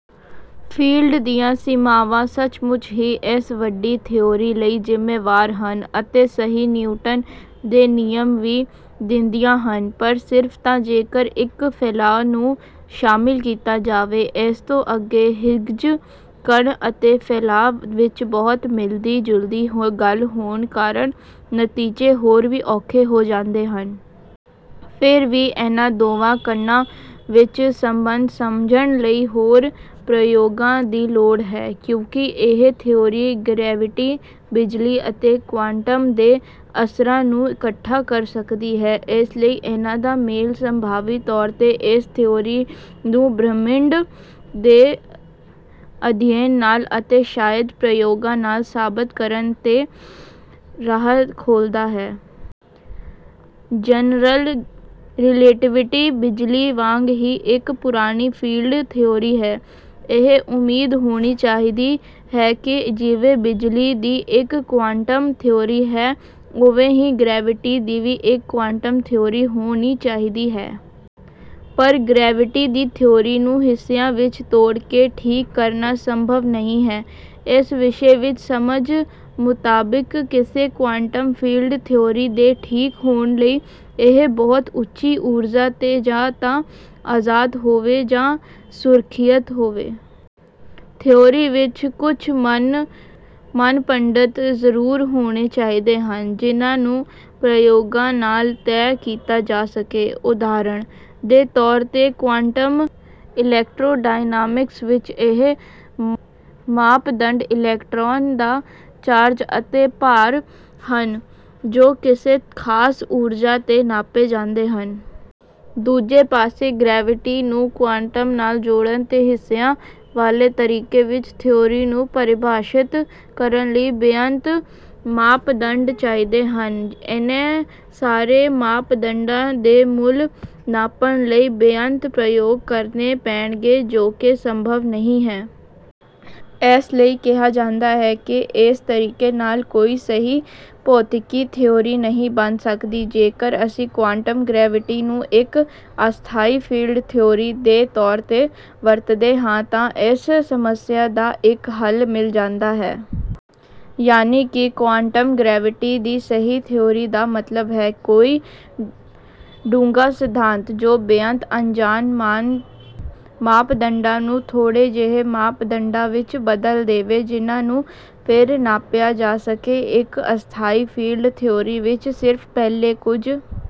Field ਦੀਆਂ ਸੀਮਾਵਾਂ ਸੱਚਮੁੱਚ ਹੀ ਇਸ ਵੱਡੀ ਥਿਊਰੀ ਲਈ ਜਿੰਮੇਵਾਰ ਹਨ ਅਤੇ ਸਹੀ ਨਿਊਟਨ ਦੇ ਨਿਯਮ ਵੀ ਦਿੰਦੀਆਂ ਹਨ ਪਰ ਸਿਰਫ ਤਾਂ ਜੇਕਰ ਇੱਕ ਫੈਲਾਅ ਨੂੰ ਸ਼ਾਮਿਲ ਕੀਤਾ ਜਾਵੇ। ਇਸ ਤੋਂ ਅੱਗੇ ਹਿਗਜ਼ ਕਣ ਅਤੇ ਫੈਲਾਅ ਵਿੱਚ ਬਹੁਤ ਮਿਲਦੀ ਜੁਲਦੀ ਗੱਲ ਹੋਣ ਕਾਰਨ ਨਤੀਜੇ ਹੋਰ ਵੀ ਔਖੇ ਹੋ ਜਾਂਦੇ ਹਨ। ਫਿਰ ਵੀ ਇਨ੍ਹਾਂ ਦੋਵਾਂ ਕਣਾਂ ਵਿੱਚ ਸਬੰਧ ਸਮਝਣ ਲਈ ਹੋਰ ਪ੍ਰਯੋਗਾਂ ਦੀ ਲੋੜ ਹੈ। ਕਿਉਂਕਿ ਇਹ ਥਿਊਰੀ ਗਰੈਵਿਟੀ ਬਿਜਲੀ ਅਤੇ ਕੁਆਂਟਮ ਦੇ ਅਸਰਾਂ ਨੂੰ ਇਕੱਠਾ ਕਰ ਸਕਦੀ ਹੈ ਇਸ ਲਈ ਇਹਨਾਂ ਦਾ ਮੇਲ ਸੰਭਾਵੀ ਤੌਰ ਤੇ ਇਸ ਥਿਊਰੀ ਨੂੰ ਬ੍ਰਹਿਮੰਡ ਦੇ ਅਧਿਐਨ ਨਾਲ ਅਤੇ ਸ਼ਾਇਦ ਪ੍ਰਯੋਗਾਂ ਨਾਲ ਸਾਬਤ ਕਰਨ ਦੇ ਰਾਹ ਖੋਲ੍ਹਦਾ ਹੈ। ਜਨਰਲ ਰਿਲੇਟੀਵਿਟੀ ਬਿਜਲੀ ਵਾਂਗ ਹੀ ਇੱਕ ਪੁਰਾਣੀ ਫੀਲਡ ਥਿਊਰੀ ਹੈ। ਇਹ ਉਮੀਦ ਹੋਣੀ ਚਾਹੀਦੀ ਹੈ ਕਿ ਜਿਵੇਂ ਬਿਜਲੀ ਦੀ ਇੱਕ ਕੁਆਂਟਮ ਥਿਊਰੀ ਹੈ ਉਵੇਂ ਹੀ ਗਰੈਵਿਟੀ ਦੀ ਵੀ ਇੱਕ ਕੁਆਂਟਮ ਥਿਊਰੀ ਹੋਣੀ ਚਾਹੀਦੀ ਹੈ। ਪਰ ਗਰੈਵਿਟੀ ਦੀ ਥਿਊਰੀ ਨੂੰ ਹਿੱਸਿਆਂ ਵਿੱਚ ਤੋੜ ਕੇ ਠੀਕ ਕਰਨਾ ਸੰਭਵ ਨਹੀਂ ਹੈ। ਇਸ ਵਿਸ਼ੇ ਦੀ ਸਮਝ ਮੁਤਾਬਿਕ ਕਿਸੇ ਕੁਆਂਟਮ ਫੀਲਡ ਥਿਊਰੀ ਦੇ ਠੀਕ ਹੋਣ ਲਈ ਇਹ ਬਹੁਤ ਉੱਚੀ ਊਰਜਾ ਤੇ ਜਾਂ ਤਾਂ ਆਜ਼ਾਦ ਹੋਵੇ ਜਾਂ ਸੁਰੱਖਿਅਤ ਹੋਵੇ। ਥਿਊਰੀ ਵਿੱਚ ਕੁੱਝ ਮਾਪਦੰਡ ਜ਼ਰੂਰ ਹੋਣੇ ਚਾਹੀਦੇ ਹਨ ਜਿਨ੍ਹਾਂ ਨੂੰ ਪ੍ਰਯੋਗਾਂ ਨਾਲ ਤੈਅ ਕੀਤਾ ਜਾ ਸਕੇ। ਉਦਾਹਰਨ ਦੇ ਤੌਰ ਤੇ ਕੁਆਂਟਮ ਇਲੈਕਟ੍ਰੋਡਾਇਨਾਮਿਕਸ ਵਿੱਚ ਇਹ ਮਾਪਦੰਡ ਇਲੈਕਟ੍ਰੌਨ ਦਾ ਚਾਰਜ ਅਤੇ ਭਾਰ ਹਨ ਜੋ ਕਿਸੇ ਖਾਸ ਊਰਜਾ ਤੇ ਨਾਪੇ ਜਾਂਦੇ ਹਨ। ਦੂਜੇ ਪਾਸੇ ਗਰੈਵਿਟੀ ਨੂੰ ਕੁਆਂਟਮ ਨਾਲ ਜੋੜਨ ਤੇ ਹਿੱਸਿਆਂ ਵਾਲੇ ਤਰੀਕੇ ਵਿੱਚ ਥਿਊਰੀ ਨੂੰ ਪਰਿਭਾਸ਼ਿਤ ਕਰਨ ਲਈ ਬੇਅੰਤ ਮਾਪਦੰਡ ਚਾਹੀਦੇ ਹਨ। ਇੰਨੇ ਸਾਰੇ ਮਾਪਦੰਡਾਂ ਦੇ ਮੁੱਲ ਨਾਪਣ ਲਈ ਬੇਅੰਤ ਪ੍ਰਯੋਗ ਕਰਨੇ ਪੈਣਗੇ ਜੋ ਕਿ ਸੰਭਵ ਨਹੀਂ ਹੈ। ਇਸ ਲਈ ਕਿਹਾ ਜਾਂਦਾ ਹੈ ਕਿ ਇਸ ਤਰੀਕੇ ਨਾਲ ਕੋਈ ਸਹੀ ਭੌਤਿਕੀ ਥਿਊਰੀ ਨਹੀਂ ਬਣ ਸਕਦੀ। ਜੇਕਰ ਅਸੀਂ ਕੁਆਂਟਮ ਗਰੈਵਿਟੀ ਨੂੰ ਇੱਕ ਅਸਥਾਈ ਫੀਲਡ ਥਿਊਰੀ ਦੇ ਤੌਰ ਤੇ ਵਰਤਦੇ ਹਾਂ ਤਾਂ ਇਸ ਸਮੱਸਿਆ ਦਾ ਇੱਕ ਹੱਲ ਮਿਲ ਜਾਂਦਾ ਹੈ। ਯਾਨਿ ਕਿ ਕੁਆਂਟਮ ਗਰੈਵਿਟੀ ਦੀ ਸਹੀ ਥਿਊਰੀ ਦਾ ਮਤਲਬ ਹੈ ਕੋਈ ਡੂੰਘਾ ਸਿਧਾਂਤ ਜੋ ਬੇਅੰਤ ਅਣਜਾਣ ਮਾਪਦੰਡਾਂ ਨੂੰ ਥੋੜ੍ਹੇ ਜਿਹੇ ਮਾਪਦੰਡਾਂ ਵਿੱਚ ਬਦਲ ਦੇਵੇ ਜਿਨ੍ਹਾਂ ਨੂੰ ਫਿਰ ਨਾਪਿਆ ਜਾ ਸਕੇ। ਇੱਕ ਅਸਥਾਈ ਫੀਲਡ ਥਿਊਰੀ ਵਿੱਚ ਸਿਰਫ ਪਹਿਲੇ ਕੁੱਝ